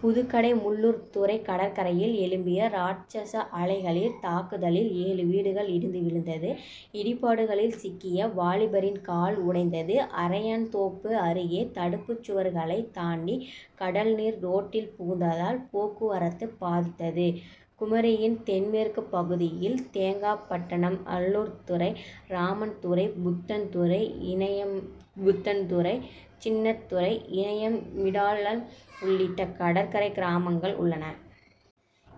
புதுக்கடை முள்ளூர்துறை கடற்கரையில் எழும்பிய ராட்சஸ அலைகளின் தாக்குதலில் ஏழு வீடுகள் இடிந்து விழுந்தது. இடிபாடுகளில் சிக்கிய வாலிபரின் கால் உடைந்தது. அரையன்தோப்பு அருகே தடுப்புச்சுவர்களை தாண்டி கடல்நீர் ரோட்டில் புகுந்ததால் போக்குவரத்து பாதித்தது. குமரியின் தென்மேற்கு பகுதியில் தேங்காப்பட்டணம் முள்ளூர்துறை ராமன்துறை புத்தன்துறை இனயம்புத்தன்துறை சின்னத்துறை இனயம் மிடாலம் உள்ளிட்ட கடற்கரை கிராமங்கள் உள்ளது.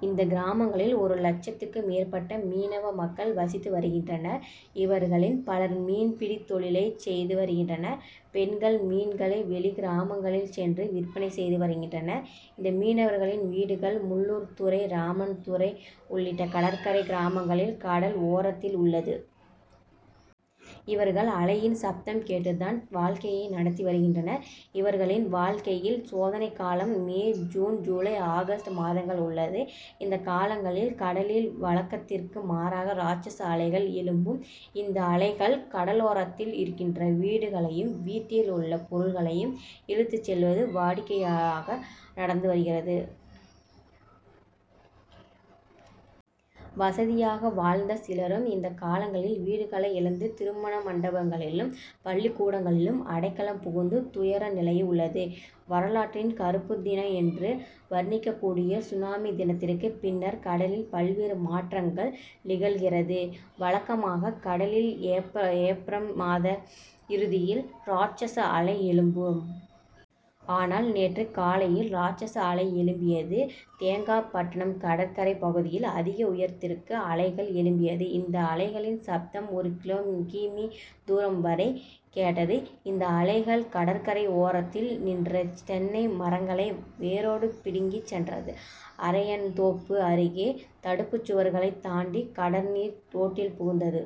இந்த கிராமங்களில் ஒரு லட்சத்துக்கும் மேற்பட்ட மீனவ மக்கள் வசித்து வருகின்றனர். இவர்களில் பலர் மீன்பிடி தொழிலை செய்து வருகின்றனர். பெண்கள் மீன்களை வெளிக்கிராமங்களில் சென்று விற்பனை செய்து வருகின்றனர். இந்த மீனவர்களின் வீடுகள் முள்ளூர்துறை ராமன்துறை உள்ளிட்ட கடற்கரை கிராமங்களில் கடல் ஓரத்தில் உள்ளது. இவர்கள் அலையின் சப்தம் கேட்டு தான் வாழ்க்கையை நடத்தி வருகின்றனர். இவர்களின் வாழ்க்கையில் சோதனை காலம் மே ஜூன் ஜூலை ஆகஸ்ட் மாதங்கள் உள்ளது. இந்த காலங்களில் கடலில் வழக்கத்திற்கு மாறாக ராட்சஸ அலைகள் எழும்பும். இந்த அலைகள் கடலோரத்தில் இருக்கின்ற வீடுகளையும் வீட்டில் உள்ள பொருட்களையும் இழுத்துச் செல்வதும் வாடிக்கையாக நடந்து வருகிறது. வசதியாக வாழ்ந்த சிலரும் இந்த காலங்களில் வீடுகளை இழந்து திருமணமண்டபங்களிலும் பள்ளிக்கூடங்களிலும் அடைக்கலம் புகும் துயர நிலையும் உள்ளது. வரலாற்றின் கறுப்புதினம் என்று வர்ணிக்கக்கூடிய சுனாமி தினத்திற்கு பின்னர் கடலில் பல்வேறு மாற்றங்கள் நிகழ்கிறது. வழக்கமாக கடலில் ஏப்ரம் மாத இறுதியில் ராட்சஸ அலை எழும்பும். ஆனால் நேற்று காலையில் ராட்சஸ அலை எழும்பியது. தேங்காப்பட்டணம் கடற்கரை பகுதியில் அதிக உயரத்திற்கு அலைகள் எழும்பியது. இந்த அலைகளின் சப்தம் ஒரு கி. மீ. தூரம் வரை கேட்டது. இந்த அலைகள் கடற்கரை ஓரத்தில் நின்ற தென்னை மரங்களை வேரோடு பிடுங்கி சென்றது. அரையன்தோப்பு அருகே தடுப்புச்சுவர்களை தாண்டி கடல்நீர் ரோட்டில் புகுந்தது.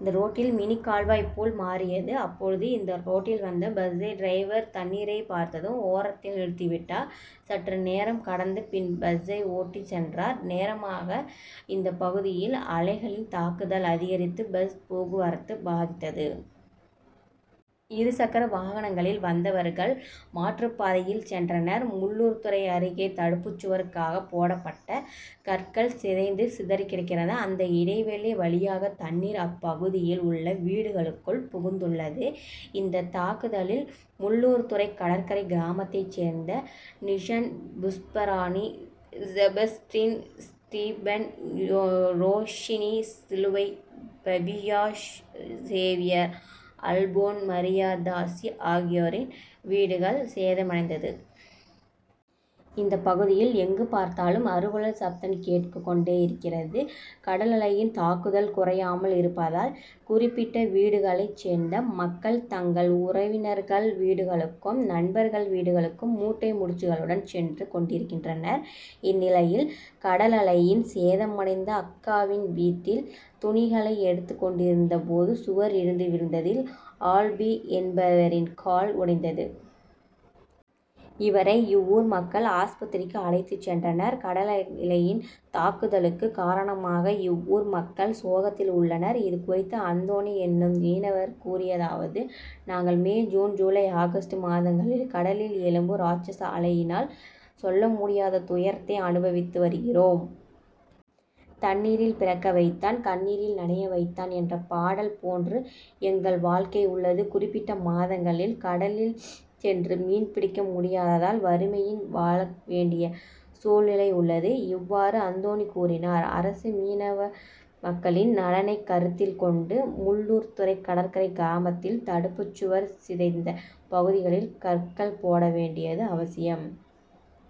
இந்த ரோடு மினி கால்வாய் போல் மாறியது. அப்பொழுது இந்த ரோட்டில் வந்த பஸ்சை டிரைவர் தண்ணீரை பார்த்தும் ஓரத்தில் நிறுத்திவிட்டார். சற்று நேரம் கடந்த பின் பஸ்சை ஓட்டி சென்றார். நேரமாக இந்த பகுதியில் அலைகளின் தாக்குதல் அதிகரித்து பஸ் போக்குவரத்து பாதித்தது. இருசக்கர வாகனங்களில் வந்தவர்கள் மாற்றுப்பாதையில் சென்றனர். முள்ளூர்துறை அருகே தடுப்புச்சுவருக்காக போடப்பட்ட கற்கள் சிதைந்து சிதறிகிடக்கிறது. அந்த இடைவெளி வழியாக தண்ணீர் அப்பகுதியில் உள்ள வீடுகளுக்குள் புகுந்துள்ளது. இந்த தாக்குதலில் முள்ளூர்துறை கடற்கரை கிராமத்தை சேர்ந்த Nixon Pushparani Sebastian Stephen Roshini Siluvai பபியாஸ் சேவியர் அல்போன்மரியதாசி ஆகியோரின் வீடுகள் சேதமடைந்தது. இந்த பகுதியில் எங்கு பார்த்தாலும் அழுகுரல் சப்தம் கேட்டுக் கொண்டே இருக்கிறது. கடலலையின் தாக்குதல் குறையாமல் இருப்பதால் குறிப்பிட்ட வீடுகளை சேர்ந்த மக்கள் தங்கள் உறவினர்கள் வீடுகளுக்கும் நண்பர்கள் வீடுகளுக்கும் மூட்டை முடிச்சுகளுடன் சென்று கொண்டிருக்கின்றனர். இந்நிலையில் கடலலையில் சேதமடைந்த அக்காவின் வீட்டில் துணிகளை எடுத்து கொண்டிருந்த போது சுவர் இடிந்து விழுந்ததில் ஆல்பி என்பவரின் கால் உடைந்தது. இவரை இவ்வூர் மக்கள் ஆஸ்பத்திரிக்கு அழைத்து சென்றனர். கடலலையின் தாக்குதலுக்கு காரணமாக இவ்வூர் மக்கள் சோகத்தில் உள்ளனர். இது குறித்து அந்தோணி என்னும் மீனவர் கூறியதாவது நாங்கள் மே ஜூன் ஜூலை ஆகஸ்ட் மாதங்களில் கடலில் எழும்பும் ராட்சஸ அலையினால் சொல்லமுடியாத துயரத்தை அனுபவித்து வருகிறோம். தண்ணீரில் பிறக்க வைத்தான் கண்ணீரில் நனைய வைத்தான்' என்ற பாடல் போன்று எங்கள் வாழ்க்கை உள்ளது. குறிப்பிட்ட மாதங்களில் கடலில் சென்று மீன்பிடிக்க முடியாததால் வறுமையின் வாழவேண்டிய சூழ்நிலை உள்ளது. இவ்வாறு அந்தோணி கூறினார். அரசு மீனவ மக்களின் நலனை கருத்தில் கொண்டு முள்ளூர்துறை கடற்கரை கிராமத்தில் தடுப்புச்சுவர் சிதைந்த பகுதிகளில் கற்கள் போட வேண்டியது அவசியம்.